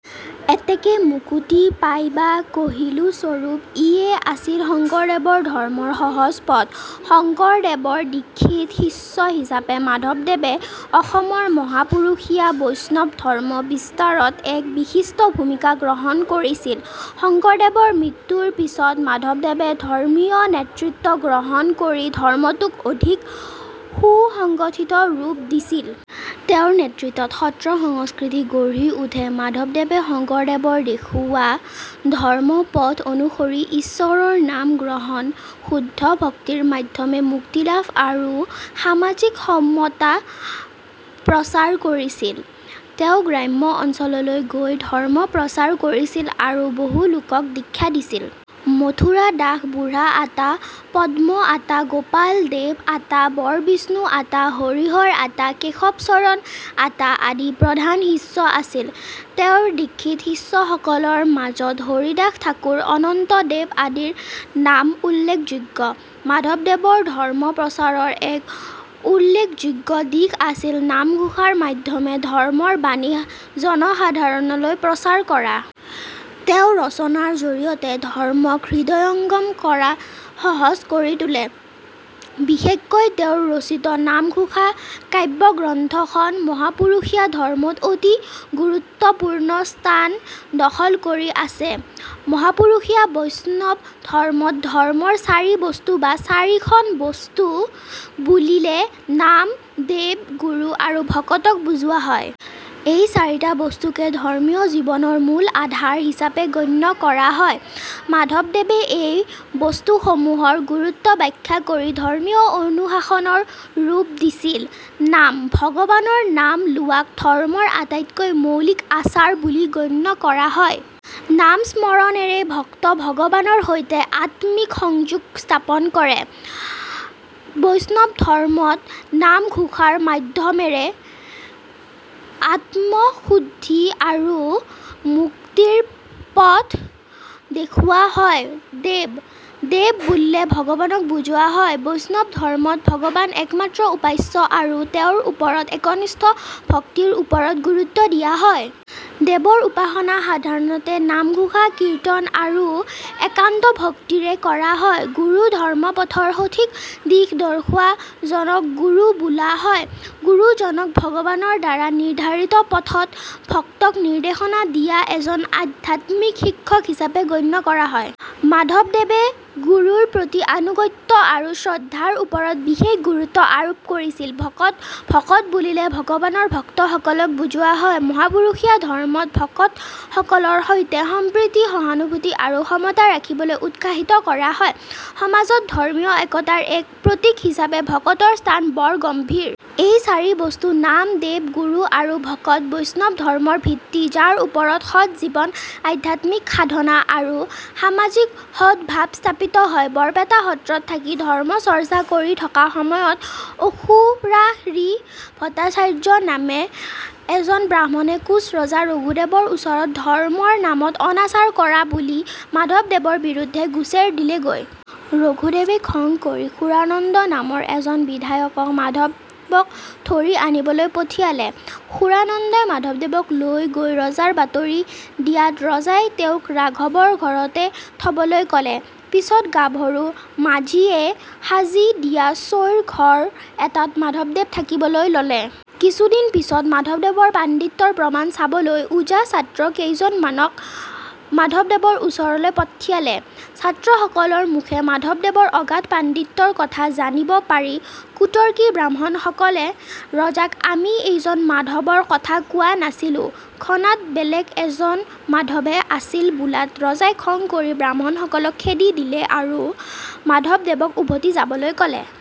এতেকে মুকুতি পাইবা কহিলো স্বৰূপ।। '' ইয়ে আছিল শংকৰদেৱৰ ধৰ্মৰ সহজ পথ। শংকৰদেৱ ৰ দীক্ষিত শিষ্য হিচাপে মাধৱদেৱে অসমৰ মহাপুৰুষীয়া বৈষ্ণৱ ধৰ্ম বিস্তাৰত এক বিশিষ্ট ভূমিকা গ্ৰহণ কৰিছিল। শংকৰদেৱৰ মৃত্যুৰ পিছত মাধৱদেৱে ধৰ্মীয় নেতৃত্ব গ্ৰহণ কৰি ধৰ্মটোক অধিক সুসংগঠিত ৰূপ দিছিল। তেওঁৰ নেতৃত্বত সত্ৰ সংস্কৃতি গঢ়ি উঠে। মাধৱদেৱে শংকৰদেৱৰ দেখুৱোৱা ধৰ্মপথ অনুসৰি ঈশ্বৰৰ নাম গ্ৰহণ, শুদ্ধ ভক্তিৰ মাধ্যমে মুক্তিলাভ আৰু সামাজিক সমতা প্ৰচাৰ কৰিছিল। তেওঁ গ্ৰাম্য অঞ্চললৈ গৈ ধৰ্ম প্ৰচাৰ কৰিছিল আৰু বহু লোকক দীক্ষা দিছিল। মথুৰা দাস বুঢ়া আতা, পদ্ম আতা ,গোপালদেৱ আতা, বৰবিষ্ণু আতা, হৰিহৰ আতা, কেশৱচৰণ আতা আদি প্ৰধান শিষ্য আছিল। তেওঁৰ দীক্ষিত শিষ্যসকলৰ মাজত হৰিদাস ঠাকুৰ, অনন্ত দেৱ আদিৰ নাম উল্লেখযোগ্য। মাধৱদেৱৰ ধৰ্ম প্ৰচাৰৰ এক উল্লেখযোগ্য দিশ আছিল নামঘোষাৰ মাধ্যমে ধৰ্মৰ বাণী জনসাধাৰণলৈ প্ৰচাৰ কৰা। তেওঁ ৰচনাৰ জৰিয়তে ধৰ্মক হৃদয়ঙ্গম কৰা সহজ কৰি তোলে। বিশেষকৈ তেওঁৰ ৰচিত নামঘোষা কাব্যগ্ৰন্থখন মহাপুৰুষীয়া ধৰ্মত অতি গুৰুত্বপূৰ্ণ স্থান দখল কৰি আছে। মহাপুৰুষীয়া বৈষ্ণৱ ধৰ্মত "ধৰ্মৰ চাৰি বস্তু" বা "চাৰিখন বস্তু" বুলিলে নাম, দেৱ, গুৰু আৰু ভকতক বুজোৱা হয়। এই চাৰিটা বস্তুকে ধৰ্মীয় জীৱনৰ মূল আধাৰ হিচাপে গণ্য কৰা হয়। মাধৱদেৱে এই বস্তুসমূহৰ গুৰুত্ব ব্যাখ্যা কৰি ধৰ্মীয় অনুশাসনৰ ৰূপ দিছিল। নাম: ভগৱানৰ নাম লোৱাক ধৰ্মৰ আটাইতকৈ মৌলিক আচাৰ বুলি গণ্য কৰা হয়। নাম-স্মৰণেৰে ভক্ত ভগৱানৰ সৈতে আত্মিক সংযোগ স্থাপন কৰে। বৈষ্ণৱ ধৰ্মত নাম-ঘোষাৰ মাধ্যৰে আত্মশুদ্ধি আৰু মুক্তিৰ পথ দেখুওৱা হয়। দেৱ: দেৱ বুলিলে ভগৱানক বুজোৱা হয়। বৈষ্ণৱ ধৰ্মত ভগৱান একমাত্ৰ উপাস্য, আৰু তেওঁৰ ওপৰত একনিষ্ঠ ভক্তিৰ ওপৰত গুৰুত্ব দিয়া হয়। দেৱৰ উপাসনা সাধাৰণতে নামঘোষা, কীৰ্তন, আৰু একান্ত ভক্তিৰে কৰা হয়। গুৰু: ধৰ্মপথৰ সঠিক দিশ দৰ্শোৱা জনক গুৰু বোলা হয়। গুৰুজনক ভগৱানৰ দ্বাৰা নিৰ্ধাৰিত পথত ভক্তক নিৰ্দেশনা দিয়া এজন আধ্যাত্মিক শিক্ষক হিচাপে গণ্য কৰা হয়। মাধৱদেৱে গুৰুৰ প্ৰতি আনুগত্য আৰু শ্ৰদ্ধাৰ ওপৰত বিশেষ গুৰুত্ব আৰোপ কৰিছিল। ভকত: ভকত বুলিলে ভগৱানৰ ভক্তসকলক বুজোৱা হয়। মহাপুৰুষীয়া ধৰ্মত ভকতসকলৰ সৈতে সম্প্ৰীতি, সহানুভূতি আৰু সমতা ৰাখিবলৈ উৎসাহিত কৰা হয়। সমাজত ধৰ্মীয় একতাৰ এক প্ৰতীক হিচাপে ভকতৰ স্থান বৰগম্ভীৰ। এই চাৰি বস্তু — নাম, দেৱ, গুৰু আৰু ভকত — বৈষ্ণৱ ধৰ্মৰ ভিত্তি, যাৰ ওপৰত সৎ জীৱন, আধ্যাত্মিক সাধনা আৰু সামাজিক সদভাৱ স্থাপিত হয়। বৰপেটা সত্ৰত থাকি ধৰ্মচৰ্চা কৰি থকা সময়ত অসুৰাৰি ভট্টাচাৰ্য নামে এজন ব্ৰাহ্মণে কোচ ৰজা ৰঘুদেৱৰ ওচৰত ধৰ্মৰ নামত অনাচাৰ কৰা বুলি মাধৱদেৱৰ বিৰুদ্ধে গোচৰ দিলেগৈ। ৰঘুদেৱে খং কৰি সুৰানন্দ নামৰ এজন বিষয়াক মাধৱক ধৰি আনিবলৈ পঠিয়ালে। সুৰানন্দই মাধৱদেৱক লৈ গৈ ৰজাক বাতৰি দিয়াত ৰজাই তেওঁক ৰাঘৱৰ ঘৰতে থ'বলৈ ক'লে। পিছত গাভৰু মাঝিয়ে সাজি দিয়া চৈৰ ঘৰ এটাত মাধৱদেৱ থাকিবলৈ ল'লে। কিছুদিন পিছত মাধৱদেৱৰ পাণ্ডিত্যৰ প্ৰমাণ চাবলৈ ওজা ছাত্ৰ কেইজনমানক মাধৱদেৱৰ ওচৰলৈ পঠিয়ালে। ছাত্ৰসকলৰ মুখে মাধৱদেৱৰ অগাধ পাণ্ডিত্য কথা জানিব পাৰি কুতৰ্কী ব্ৰাহ্মণসকলে ৰজাক "আমি এইজন মাধৱৰ কথা কোৱা নাছিলোঁ, খনাত বেলেগ এজন মাধৱহে আছিল'' বোলাত ৰজাই খং কৰি ব্ৰাহ্মণসকলক খেদি দিলে আৰু মাধৱদেৱক উভতি যাবলৈ ক'লে।